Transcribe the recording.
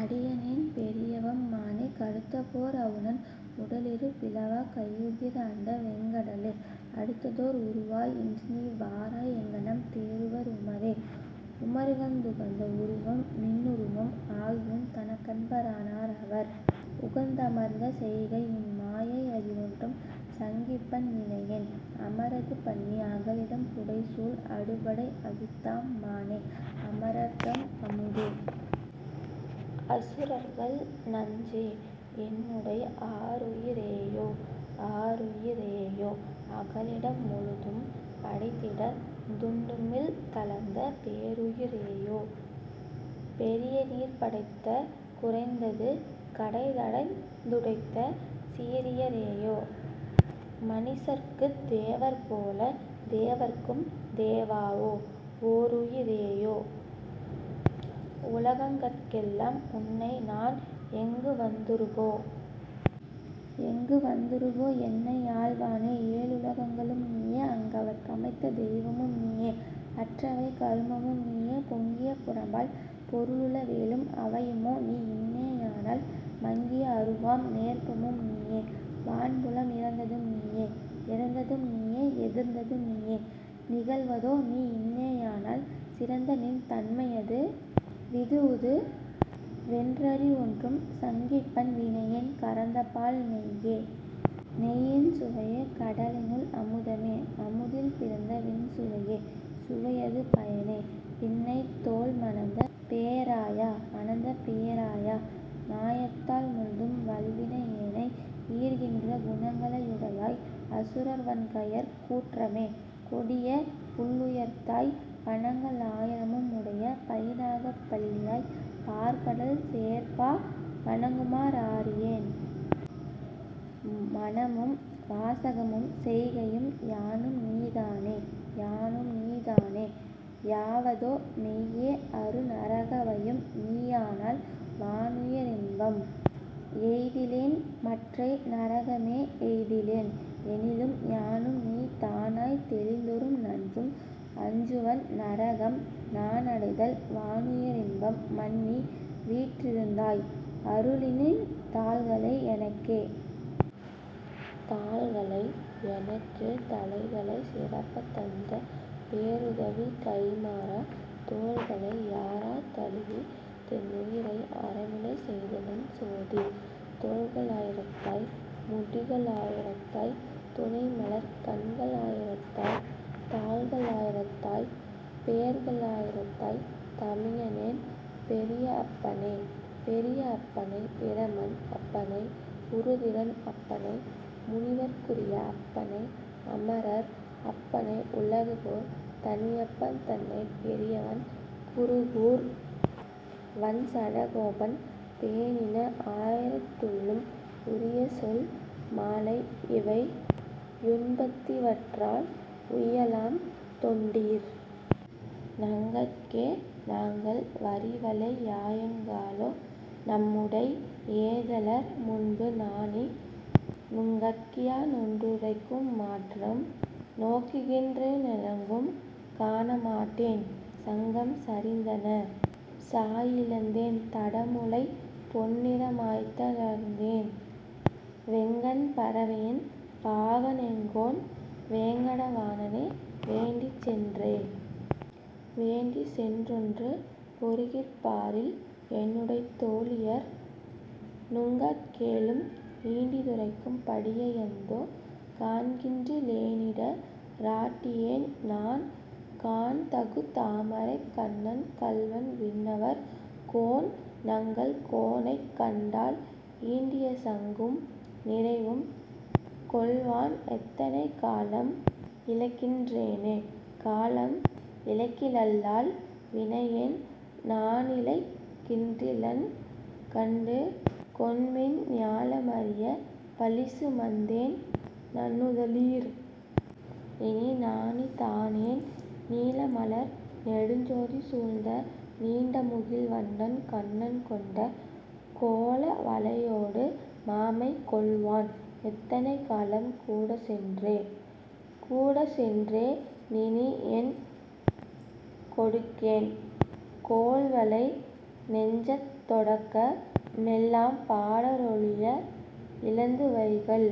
அடியனேன் பெரியவம் மானே, கடுத்தபோர் அவுணன் உடலிரு பிளவாக் கையுகி ராண்டவெங் கடலே, அடுத்ததோர் உருவாய் இன்றுநீ வாராய்। எங்ஙனம் தேறுவர் உமரே?. உமருகந் துகந்த வுருவம்நின் னுருவம் ஆகியுன் தனக்கன்ப ரானார் அவர், உகந் தமர்ந்த செய்கையுன் மாயை அறிவொன்றும் சங்கிப்பன் வினையேன், அமரது பண்ணி அகலிடம் புடைசூழ் அடுபடை அவித்தாம் மானே, அமரர்தம் அமுதே. அசுரர்கள் நஞ்சே. என்னுடை ஆருயி ரேயோ.. ஆருயி ரேயோ. அகலிடம் முழுதும் படைத்திடந் துண்டுமிழ்ந் தளந்த, பேருயி ரேயோ. பெரியநீர் படைத்தங் குறைந்தது கடைந்தடைத் துடைத்த, சீரிய ரேயோ. மனிசர்க்குத் தேவர் போலத்தே வர்க்கும்தே வாவோ, ஒருயி ரேயோ. உலகங்கட் கெல்லாம் உன்னைநான் எங்குவந் துறுகோ?. எங்குவந் துறுகோ என்னையாள் வானே. ஏழுல கங்களும் நீயே, அங்கவர்க் கமைத்த தெய்வமும் நீயே அற்றவை கருமமும் நீயே, பொங்கிய புறம்பால் பொருளுள வேலும் அவையுமோ நீயின்னே யானால் மங்கிய அருவாம் நேர்ப்பமும் நீயே வான்புலம் இறந்ததும் நீயே.. இறந்ததும் நீயே எதிர்ந்ததும் நீயே நிகல்வதோ நீயின்னே யானால், சிறந்தநின் தன்மை யதுவிது வுதுவென் றறிவொன்றும் சங்கிப்பன் வினையேன், கறந்தபால் நெய்யே. நெய்யின் சுவையே. கடலினுள் அமுதமே, அமுதில் பிறந்தவின் சுவையே. சுவையது பயனே. பின்னைதோள் மணந்தபே ராயா.. மணந்தபே ராயா. மாயத்தால் முழுதும் வல்வினை யேனையீர் கின்ற, குணங்களை யுடையாய். அசுரர்வன் கையர் கூற்றமே. கொடியபுள் ளுயர்த்தாய், பணங்களா யிரமும் உடையபைந் நாகப் பள்ளியாய். பாற்கடல் சேர்ப்பா, வணங்குமா றாறியேன். மனமும்வா சகமும் செய்கையும் யானும்நீ தானே.. யானும்நீ தானே யாவதோ மெய்யே அருநர கவையும் நீயானால், வானுய ரின்பம் எய்திலென் மற்றை நரகமே யெய்திலென்? எனிலும், யானும்நீ தானாய்த் தெளிதொறும் நன்றும் அஞ்சுவன் நரகம்நா னடைதல், வானுய ரின்பம் மன்னிவீற் றிருந்தாய். அருளுநின் தாள்களை யெனக்கே.. தாள்களை யெனக்கே தலைத்தலை சிறப்பத் தந்தபே ருதவிக்கைம் மாறா, தோள்களை யாரத் தழுவிதென் னுயிரை அறவிலை செய்தனன் சோதீ, தோள்களா யிரத்தாய். முடிகளா யிரத்தாய். துணைமலர்க் கண்களா யிரத்தாய், தாள்களா யிரத்தாய். பேர்களா யிரத்தாய். தமியனேன் பெரிய அப்பனே. பெரிய அப்பனைப் பிரமன் அப்பனை உருத்திரன் அப்பனை, முனிவர்க் குரிய அப்பனை அமரர் அப்பனை உலகுக்கோர் தனியப்பன் தன்னை, பெரியவண் குருகூர் வண்சட கோபன் பேணின ஆயிரத் துள்ளும், உரியசொல் மாலை இவையும்பத் திவற்றால் உய்யலாம் தொண்டீர். நங் கட்கே. நாங்கள் வரிவளை யாயங் காளோ. நம்முடை ஏதலர் முன்பு நாணி, நுங்கட் கியானொன்று ரைக்கும் மாற்றம் நோக்குகின் றேனெங்கும் காண மாட்டேன், சங்கம் சரிந்தன சாயி லந்தேன் தடமுலை பொன்னிற மாய்த்த ளர்ந்தேன், வெங்கண் பறவையின் பாக னெங்கோன் வேங்கட வாணணை வேண்டிச் சென்றே.. வேண்டிச்சென் றொன்று பொறுகிற் பாரில் என்னுடைத் தோலியர் நுங்கட் கேலும், ஈண்டிது ரைக்கும் படியை யந்தோ. காண்கின்றி லேனிட ராட்டி யேன்நான், காண்தகு தாமரைக் கண்ணன் கள்வன் விண்ணவர் கோன்நங்கள் கோனைக் கண்டால், ஈண்டிய சங்கும் நிறைவும் கொள்வான் எத்தனை காலம் இளைக்கின் றேனே.. காலம் இளைக்கிலல் லால்வி னையேன் நானிளைக் கின்றிலன் கண்டு கொண்மின், ஞாலம் அறியப் பலிசு மந்தேன் நன்னுத லீர். இனி நாணித் தானென், நீல மலர்நெடுஞ் சோதி சூழ்ந்த நீண்ட முகில்வண்ணன் கண்ணன் கொண்ட, கோல வளையொடு மாமை கொள்வான் எத்தனை காலம்கூ டச்சென்றே?. கூடச்சென் றேனினி என்கொ டுக்கேன்? கோல்வளை நெஞ்சத் தொடக்க மெல்லாம், பாடற் றொழிய இலந்து வைகல்